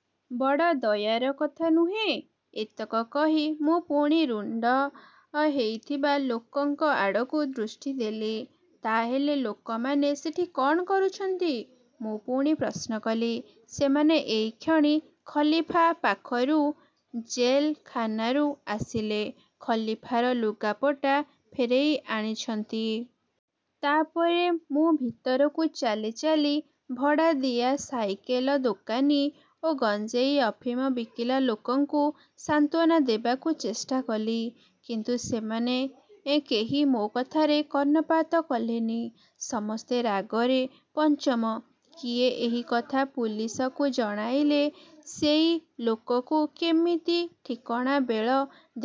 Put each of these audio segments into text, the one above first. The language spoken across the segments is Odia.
" "ବଡ଼ ଦୟାର କଥା, ନୁହେଁ? "ଏତକ କହି ମୁଁ ପୁଣି ରୁଣ୍ଡ ହେଇଥିବା ଲୋକଙ୍କଆଡ଼କୁ ଦୃଷ୍ଟି ଦେଲି। "ତା ହେଲେ ଲୋକମାନେ ସେଠି କଣ କରୁଛନ୍ତି? " ମୁଁ ପୁଣି ପ୍ରଶ୍ନ କଲି। ସେମାନେ ଏଇକ୍ଷଣି ଖଲିଫା ପାଖରୁ ଜେଲଖାନରୁ ଆସିଲେ। ଖଲିଫାର ଲୁଗାପଟା ଫେରେଇ ଆଣିଛନ୍ତି। ତା'ପରେ ମୁଁ ଭିତରକୁ ଚାଲିଚାଲି ଭଡ଼ାଦିଆ ସାଇକେଲ ଦୋକାନୀ ଓ ଗଞ୍ଜେଇ ଅଫିମ ବିକିଲା ଲୋକଙ୍କୁ ସାନ୍ତ୍ୱନା ଦେବାକୁ ଚେଷ୍ଟା କଲି। କିନ୍ତୁ ସେମାନେ କେହି ମୋ କଥାରେ କର୍ଣ୍ଣପାତ କଲେନି। ସମସ୍ତେ ରାଗରେ ପଞ୍ଚମ। କିଏ ଏହି କଥା ପୁଲିସକୁ ଜଣେଇଲା, ସେଇ ଲୋକକୁ କେମିତି ଠିକଣା ବେଳ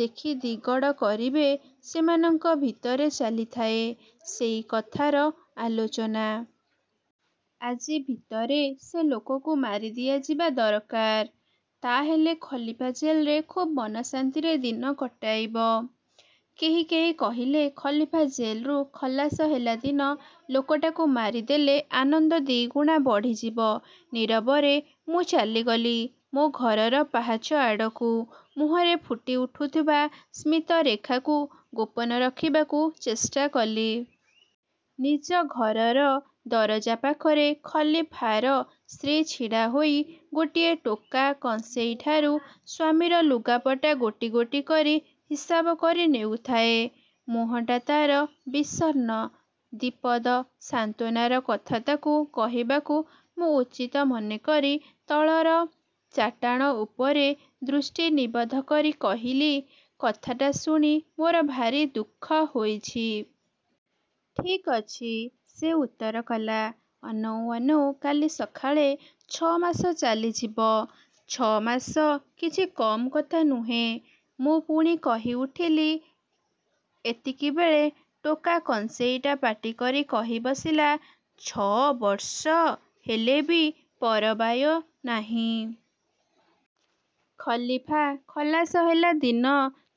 ଦେଖି ଦିଗଡ଼ କରିବେ ସେମାନଙ୍କ ଭିତରେ ଚାଲିଥାଏ ସେଇ କଥାର ଆଲୋଚନା। ଆଜି ଭିତରେ ସେ ଲୋକକୁ ମାରିଦିଆଯିବା ଦରକାର–ତାହେଲେ ଖଲିଫା ଜେଲରେ ଖୁବ୍ ମନଶାନ୍ତିରେ ଦିନ କଟେଇବ। କେହି କେହି କହିଲେ, ଖଲିଫା ଜେଲରୁ ଖଲାସ ହେଲାଦିନ ଲୋକଟାକୁ ମାରି ଦେଲେ ଆନନ୍ଦ ଦିଗୁଣ ବଢ଼ିଯିବ। ନୀରବରେ ମୁଁ ଚାଲିଗଲି ମୋ ଘରର ପାହାଚଆଡ଼କୁ। ମୁହଁରେ ଫୁଟି ଉଠୁଥିବା ସ୍ମିତରେଖାକୁ ଗୋପନ ରଖିବାକୁ ଚେଷ୍ଟାକଲି। ନିଜ ଘରର ଦରଜା ପାଖରେ ଖଲିଫାର ସ୍ତ୍ରୀ ଛିଡ଼ା ହୋଇ ଗୋଟିଏ ଟୋକା କଂସେଇଠାରୁ ସ୍ଵାମୀର ଲୁଗାପଟା ଗୋଟି ଗୋଟି କରି ହିସାବ କରି ନେଉଥାଏ। ମୁହଁଟା ତା'ର ବିଷଣ୍ଣ। ଦିପଦ ସାନ୍ତ୍ୱନାର କଥା ତାକୁ କହିବାକୁ ମୁଁ ଉଚିତ ମନେକରି ତଳର ଚାଟାଣ ଉପରେ ଦୃଷ୍ଟି ନିବଦ୍ଧ କରି କହିଲି, "କଥାଟା ଶୁଣି ମୋର ଭାରି ଦୁଃଖ ହୋଇଛି। "ଠିକ୍ ଅଛି। " ସେ ଉତ୍ତର କଲା, "ଅନଉ ଅନଉ କାଲି ସକାଳେ ଛ' ମାସ ଚାଲିଯିବ। " "ଛ' ମାସ କିଛି କମ କଥା ନୁହେଁ। " ମୁଁ ପୁଣି କହି ଉଠିଲି। ଏତିକିବେଳେ ଟୋକା କଂସେଇଟା ପାଟିକରି କହିବସିଲା, "ଛ'ବର୍ଷ ହେଲେ ବି ପରବାୟ ନାହିଁ। ଖଲିଫା ଖଲାସ ହେଲା ଦିନ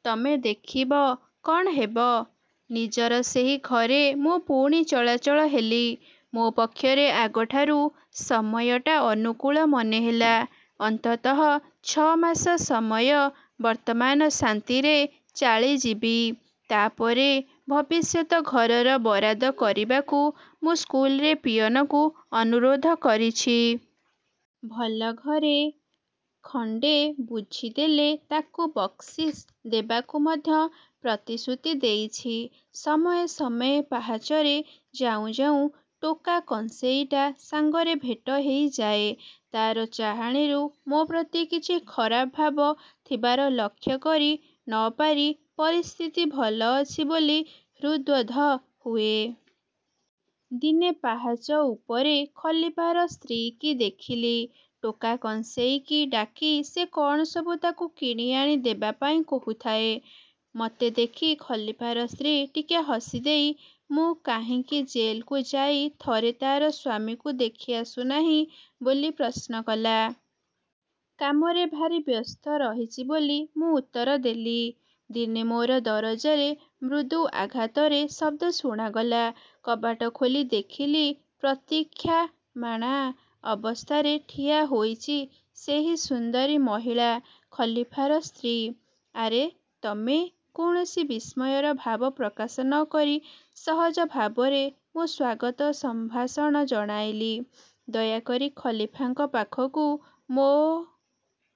ତମେ ଦେଖିବ କ'ଣ ହେବ। " ନିଜର ସେହି ଘରେ ମୁଁ ପୁଣି ଚଳାଚଳ ହେଲି। ମୋ ପକ୍ଷରେ ଆଗଠାରୁ ସମୟଟା ଅନୁକୂଳ ମନେହେଲା। ଅନ୍ତତଃ ଛ'ମାସ ସମୟ ବର୍ତ୍ତମାନ ଶାନ୍ତିରେ ଚାଳିଯିବି। ତା'ପରେ ଭବିଷ୍ୟତ ଘରର ବରାଦ କରିବାକୁ ମୁଁ ସ୍କୁଲର ପିଅନକୁ ଅନୁରୋଧ କରିଛି। ଭଲ ଘର ଖଣ୍ଡେ ବୁଝିଦେଲେ ତାକୁ ବକ୍ସିସ୍ ଦେବାକୁ ମଧ୍ୟ ପ୍ରତିଶ୍ରୁତି ଦେଇଛି। ସମୟେ ସମୟେ ପାହାଚରେ ଯାଉଁ ଯାଉଁ ଟୋକା କଂସେଇଟା ସାଙ୍ଗରେ ଭେଟ ହେଇଯାଏ। ତାର ଚାହାଣୀରୁ ମୋ ପ୍ରତି କିଛି ଖରାପ ଭାବ ଥିବାର ଲକ୍ଷ୍ୟ କରି ନ ପାରି ପରିସ୍ଥିତି ଭଲ ଅଛି ବୋଲି ହୃଦ୍ବୋଧ ହୁଏ। ଦିନେ ପାହାଚ ଉପରେ ଖଲିଫାର ସ୍ତ୍ରୀକି ଦେଖିଲି। ଟୋକା କଂସେଇକି ଡାକି ସେ କଣସବୁ ତାକୁ କିଣିଆଣି ଦେବାପାଇଁ କହୁଥାଏ। ମତେ ଦେଖି ଖଲିଫାର ସ୍ତ୍ରୀ ଟିକେ ହସିଦେଇ ମୁଁ କାହିଁକି ଜେଲକୁ ଯାଇ ଥରେ ତାର ସ୍ଵାମୀକୁ ଦେଖି ଆସୁନାହିଁ ବୋଲି ପ୍ରଶ୍ନ କଲା। କାମରେ ଭାରି ବ୍ୟସ୍ତ ରହିଛି ବୋଲି ମୁଁ ଉତ୍ତର ଦେଲି। ଦିନେ ମୋର ଦରଜାରେ ମୃଦୁ ଆଘାତରେ ଶବ୍ଦ ଶୁଣାଗଲା। କବାଟ ଖୋଲି ଦେଖିଲି, ପ୍ରତୀକ୍ଷାମାଣା ଅବସ୍ଥାରେ ଠିଆ ହୋଇଛି ସେହି ସୁନ୍ଦରୀ ମହିଳା, ଖଲିଫାର ସ୍ତ୍ରୀ। "ଆରେ, ତମେ," କୌଣସି ବିସ୍ମୟର ଭାବ ପ୍ରକାଶ ନ କରି ସହଜ ଭାବରେ ମୁଁ ସ୍ଵାଗତ ସମ୍ଭାଷଣ ଜଣାଇଲି। "ଦୟାକରି ଖଲିଫାଙ୍କ ପାଖକୁ ମୋ